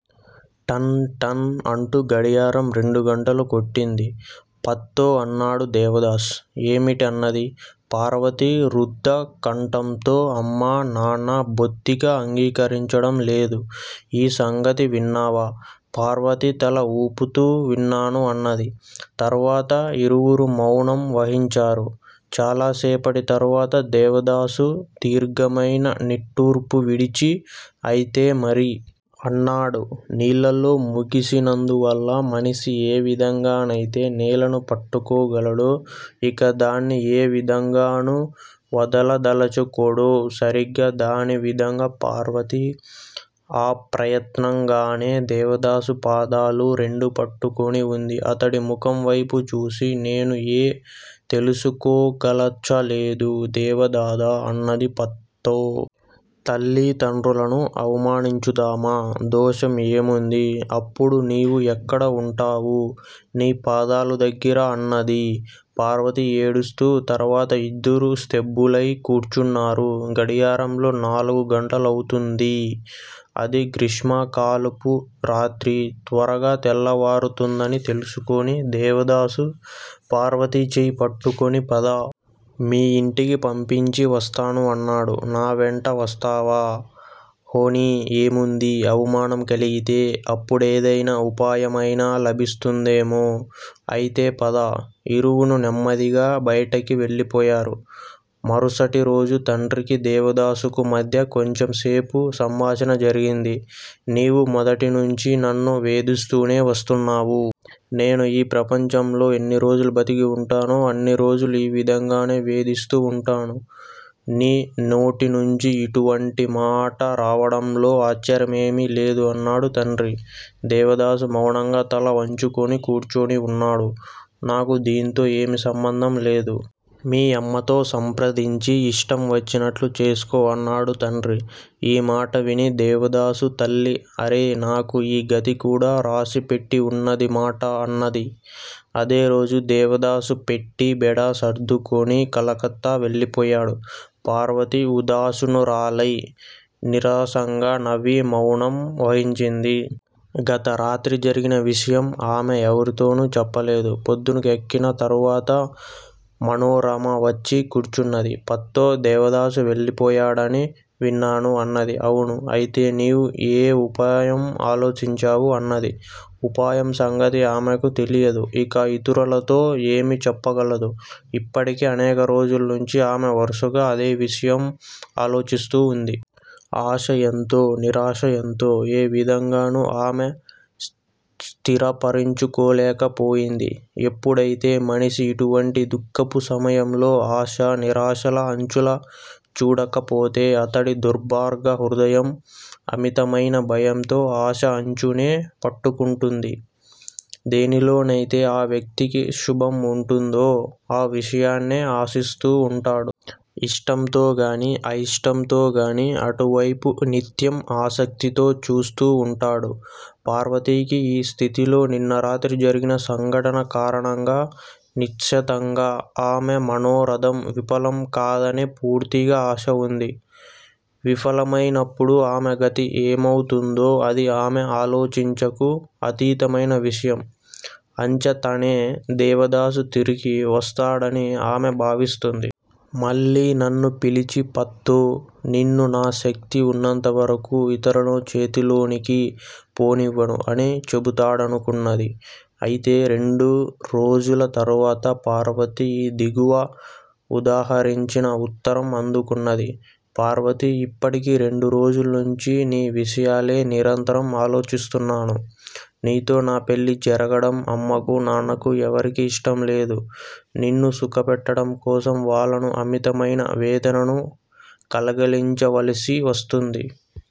టన్ టన్ అంటూ గడియారం రెండు గంటలు కొట్టింది. పత్తో! అన్నాడు దేవదాసు. ఏమిటి అన్నది పార్వతి రుద్ధకంఠంతో. అమ్మా, నాన్నా బొత్తిగా అంగీకరించడం లేదు. ఈ సంగతి విన్నావా? పార్వతి తల ఊపుతూ విన్నాను అన్నది. తరువాత ఇరువురూ మౌనం వహించారు. చాలా సేపటి తరువాత దేవదాసు దీర్ఘమైన నిట్టూర్పు విడిచి అయితే మరీ? అన్నాడు. నీళ్లల్లో మునిగినందువల్ల మనిషి ఏ విధంగానైతే నేలను పట్టుకోగలడో, ఇక దాన్ని ఏ విధంగానూ వదలదలచుకోడో సరిగ్గా అదే విధంగా పార్వతి అప్రయత్నంగానే దేవదాసు పాదాలు రెండూ పట్టుకొని ఉంది. అతడి ముఖం వైపు చూసి నేను ఏమీ తెలుసుకోదలచలేదు దేవదాదా! అన్నది. పత్తో! తల్లిదండ్రులను అవమానించుదామా? దోషం ఏముంది? అప్పుడు నీవు ఎక్కడ ఉంటావు? నీ పాదాల దగ్గర! అన్నది పార్వతి ఏడుస్తూ. తరువాత ఇద్దరూ స్తబ్దులై కూర్చున్నారు. గడియారంలో నాలుగు గంటలవుతూ ఉంది. అది గ్రీష్మకాలపు రాత్రి. త్వరగా తెల్లవారుతుందని తెలుసుకొని దేవదాసు పార్వతి చేయి పట్టుకొని పద! మీ ఇంటికి పంపించి వస్తాను అన్నాడు. నా వెంట వస్తావా? హాని ఏముంది? అవమానం కలిగితే అప్పుడేదైనా ఉపాయమైనా లభిస్తుందేమో! అయితే పద! ఇరువురూ నెమ్మదిగా బయటికి వెళ్లిపోయారు. మరుసటి రోజు తండ్రికీ దేవదాసుకూ మధ్య కొంచెం సేపు సంభాషణ జరిగింది. నీవు మొదటినుంచీ నన్ను వేధిస్తూనే వస్తున్నావు. నేను ఈ ప్రపంచంలో ఎన్ని రోజులు బ్రతికి ఉంటానో అన్ని రోజులు ఈ విధంగానే వేధిస్తూ ఉంటావు. నీ నోటినుంచి ఇటువంటి మాట రావడంలో ఆశ్చర్యమేమీ లేదు అన్నాడు తండ్రి. దేవదాసు మౌనంగా తల వంచుకొని కూర్చొని ఉన్నాడు. నాకు దీనితో ఏమీ సంబంధం లేదు. మీ అమ్మతో సంప్రదించి ఇష్టం వచ్చినట్లు చేసుకో అన్నాడు తండ్రి. ఈ మాట విని దేవదాసు తల్లి అరే, నాకు ఈ గతి కూడా వ్రాసి పెట్టి ఉందన్న మాట! అన్నది. అదే రోజు దేవదాసు పెట్టె, బేడా సర్దుకొని కలకత్తా వెళ్లిపోయాడు. పార్వతి ఉదాసీనురాలై నీరసంగా నవ్వి మౌనం వహించింది. గతరాత్రి జరిగిన విషయం ఆమె ఎవరితోనూ చెప్పలేదు. ప్రొద్దెక్కిన తరువాత మనోరమ వచ్చి కూర్చున్నది. పత్తో! దేవదాసు వెళ్లిపోయాడని విన్నాను? అన్నది. అవును. అయితే నీవు ఏమి ఉపాయం ఆలోచించావు? అన్నది. ఉపాయం సంగతి ఆమెకే తెలియదు, ఇక ఇతరులతో ఏమి చెప్పగలదు? ఇప్పటికి అనేక రోజుల నుంచి ఆమె వరుసగా అదే విషయం ఆలోచిస్తూ ఉంది. ఆశ ఎంతో, నిరాశ ఎంతో ఏ విధంగానూ ఆమె స్థిరపరచుకోలేక పోయింది. ఎప్పుడైతే మనిషి ఇటువంటి దుఃఖపు సమయంలో ఆశ, నిరాశల అంచులు చూడకపోతే అతడి దుర్భర హృదయం అమితమైన భయంతో ఆశ అంచునే పట్టుకుంటుంది. దేనిలోనైతే ఆ వ్యక్తికి శుభం ఉంటుందో ఆ విషయాన్నే ఆశిస్తూ ఉంటాడు. ఇష్టంతోగానీ, అయిష్టంతోగానీ అటువైపే నిత్యం ఆసక్తితో చూస్తూ ఉంటాడు. పార్వతికి ఈ స్థితిలో నిన్నరాత్రి జరిగిన సంఘటన కారణంగా నిశ్చితంగా ఆమె మనోరథం విఫలం కాదనే పూర్తిగా ఆశ ఉంది. విఫలమైనప్పుడు ఆమె గతి ఏమవుతుందో అది ఆమె ఆలోచనకు అతీతమైన విషయం. అంచేతనే దేవదాసు తిరిగి వస్తాడని ఆమె భావిస్తుంది. మళ్లీ నన్ను పిలిచి పత్తో! నిన్ను నా శక్తి ఉన్నంతవరకు ఇతరుల చేతిలోనికి పోనివ్వను అని చెబుతాడనుకున్నది. అయితే రెండు రోజుల తరువాత పార్వతి ఈ దిగువ ఉదాహరించిన ఉత్తరం అందుకున్నది. పార్వతీ, ఇప్పటికి రెండు రోజుల నుంచి నీ విషయాలే నిరంతరం ఆలోచిస్తున్నాను. నీతో నా పెళ్లి జరగడం అమ్మకూ, నాన్నకూ ఎవరికీ ఇష్టంలేదు. నిన్ను సుఖపెట్టడం కోసం వాళ్లకు అమితమైన వేదనను కలిగించవలసి వస్తుంది.